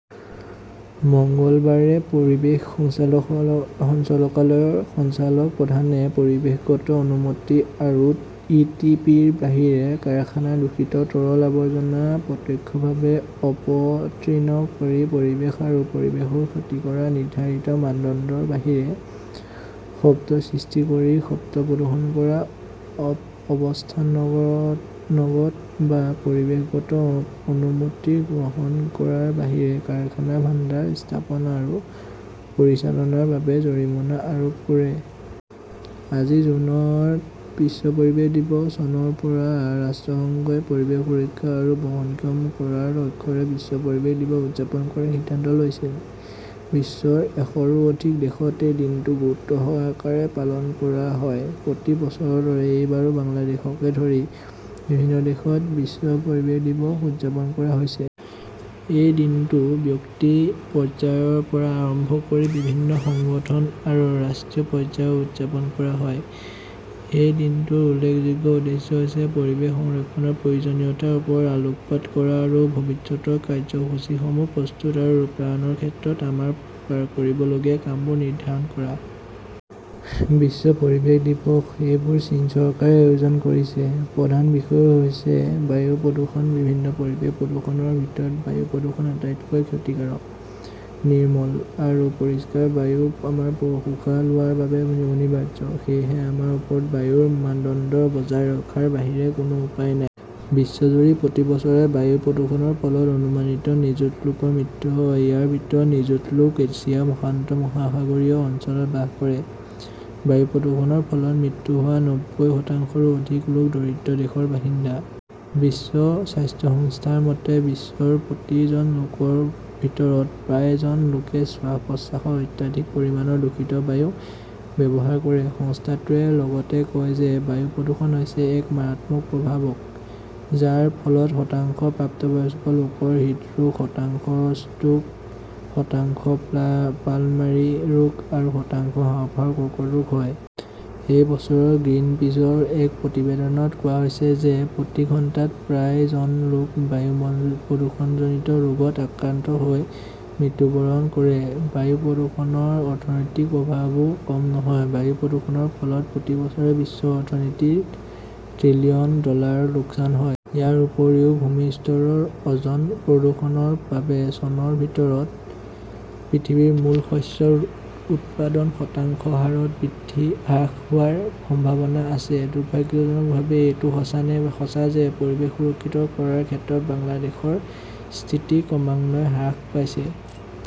মঙলবাৰে পৰিৱেশ সঞ্চালকালয়ৰ সঞ্চালক প্ৰধানে পৰিৱেশগত অনুমতি আৰু ই টি পিৰ বাহিৰে কাৰখানাৰ দূষিত তৰল আৱৰ্জনা প্ৰত্যক্ষভাৱে অপতৃণ কৰি পৰিৱেশ আৰু পৰিৱেশৰ ক্ষতি কৰা, নিৰ্ধাৰিত মানদণ্ডৰ বাহিৰে শব্দ সৃষ্টি কৰি শব্দ প্ৰদূষণ কৰা, অৱস্থানগত বা পৰিৱেশগত অনুমতি গ্ৰহণ কৰাৰ বাহিৰে কাৰখানা ভাণ্ডাৰ স্থাপন আৰু পৰিচালনাৰ বাবে জৰিমনা আৰোপ কৰে। আজি জুনত বিশ্ব পৰিৱেশ দিৱস। চনৰ পৰা ৰাষ্ট্ৰসংঘই পৰিৱেশ সুৰক্ষা আৰু বহনক্ষম কৰাৰ লক্ষ্যৰে বিশ্ব পৰিৱেশ দিৱস উদযাপন কৰাৰ সিদ্ধান্ত লৈছিল। বিশ্বৰ এশৰো অধিক দেশত এই দিনটো গুৰুত্বসহকাৰে পালন কৰা হয়। প্ৰতি বছৰৰ দৰে এইবাৰো বাংলাদেশকে ধৰি বিভিন্ন দেশত বিশ্ব পৰিৱেশ দিৱস উদযাপন কৰা হৈছে। এই দিনটো ব্যক্তি পৰ্যায়ৰ পৰা আৰম্ভ কৰি বিভিন্ন সংগঠন আৰু ৰাষ্ট্ৰীয় পৰ্যায়ত উদযাপন কৰা হয়। এই দিনটোৰ উল্লেখযোগ্য উদ্দেশ্য হৈছে পৰিৱেশ সংৰক্ষণৰ প্ৰয়োজনীয়তাৰ ওপৰত আলোকপাত কৰা আৰু ভৱিষ্যতৰ কাৰ্যসূচীসমূহ প্ৰস্তুত আৰু ৰূপায়ণৰ ক্ষেত্ৰত আমাৰ কৰিবলগীয়া কামবোৰ নিৰ্ধাৰণ কৰা। বিশ্ব পৰিৱেশ দিৱস, এইবাৰ চীন চৰকাৰে আয়োজন কৰিছে। প্ৰধান বিষয় হৈছে বায়ু প্ৰদূষণ। বিভিন্ন পৰিৱেশ প্ৰদূষণৰ ভিতৰত বায়ু প্ৰদূষণ আটাইতকৈ ক্ষতিকাৰক। নিৰ্মল আৰু পৰিষ্কাৰ বায়ু আমাৰ উশাহ লোৱাৰ বাবে অনিবাৰ্য। সেয়েহে আমাৰ ওচৰত বায়ুৰ মানদণ্ড বজাই ৰখাৰ বাহিৰে কোনো উপায় নাই। বিশ্বজুৰি প্ৰতি বছৰে বায়ু প্ৰদূষণৰ ফলত আনুমানিক নিযুত লোকৰ মৃত্যু হয়। ইয়াৰ ভিতৰত নিযুত লোক এছিয়া প্ৰশান্ত মহাসাগৰীয় অঞ্চলত বাস কৰে। বায়ু প্ৰদূষণৰ ফলত মৃত্যু হোৱা নব্বৈ শতাংশৰো অধিক লোক দৰিদ্ৰ দেশৰ বাসিন্দা। বিশ্ব স্বাস্থ্য সংস্থাৰ মতে, বিশ্বৰ প্ৰতি জন লোকৰ ভিতৰত প্ৰায় জন লোকে শ্বাস প্ৰশ্বাসত অত্যাধিক পৰিমাণৰ দূষিত বায়ু ব্যৱহাৰ কৰে। সংস্থাটোৱে লগতে কয় যে বায়ু প্ৰদূষণ হৈছে এক মাৰাত্মক প্ৰভাৱক, যাৰ ফলত শতাংশ প্ৰাপ্তবয়স্ক লোকৰ হৃদৰোগ, শতাংশ ষ্ট্ৰোক, শতাংশ পালমেৰী ৰোগ আৰু শতাংশ হাঁওফাঁওৰ কৰ্কট ৰোগ হয়। এই বছৰ গ্ৰীণপিছৰ এক প্ৰতিবেদনত কোৱা হৈছে যে প্ৰতি ঘণ্টাত প্ৰায় জন লোক বায়ু প্ৰদূষণজনিত ৰোগত আক্ৰান্ত হৈ মৃত্যুবৰণ কৰে। বায়ু প্ৰদূষণৰ অৰ্থনৈতিক প্ৰভাৱো কম নহয়। বায়ু প্ৰদূষণৰ ফলত প্ৰতি বছৰে বিশ্ব অৰ্থনীতিত ট্ৰিলিয়ন ডলাৰৰ লোকচান হয়। ইয়াৰ উপৰিও ভূমি স্তৰৰ অজন প্ৰদূষণৰ বাবে চনৰ ভিতৰত পৃথিৱীৰ মূল শস্যৰ উৎপাদন শতাংশ হাৰত হ্ৰাস হোৱাৰ সম্ভাৱনা আছে। দুৰ্ভাগ্যজনকভাৱে এইটো সঁচা নে সঁচা যে পৰিৱেশ সুৰক্ষিত কৰাৰ ক্ষেত্ৰত বাংলাদেশৰ স্থিতি ক্ৰমান্বয়ে হ্ৰাস পাইছে।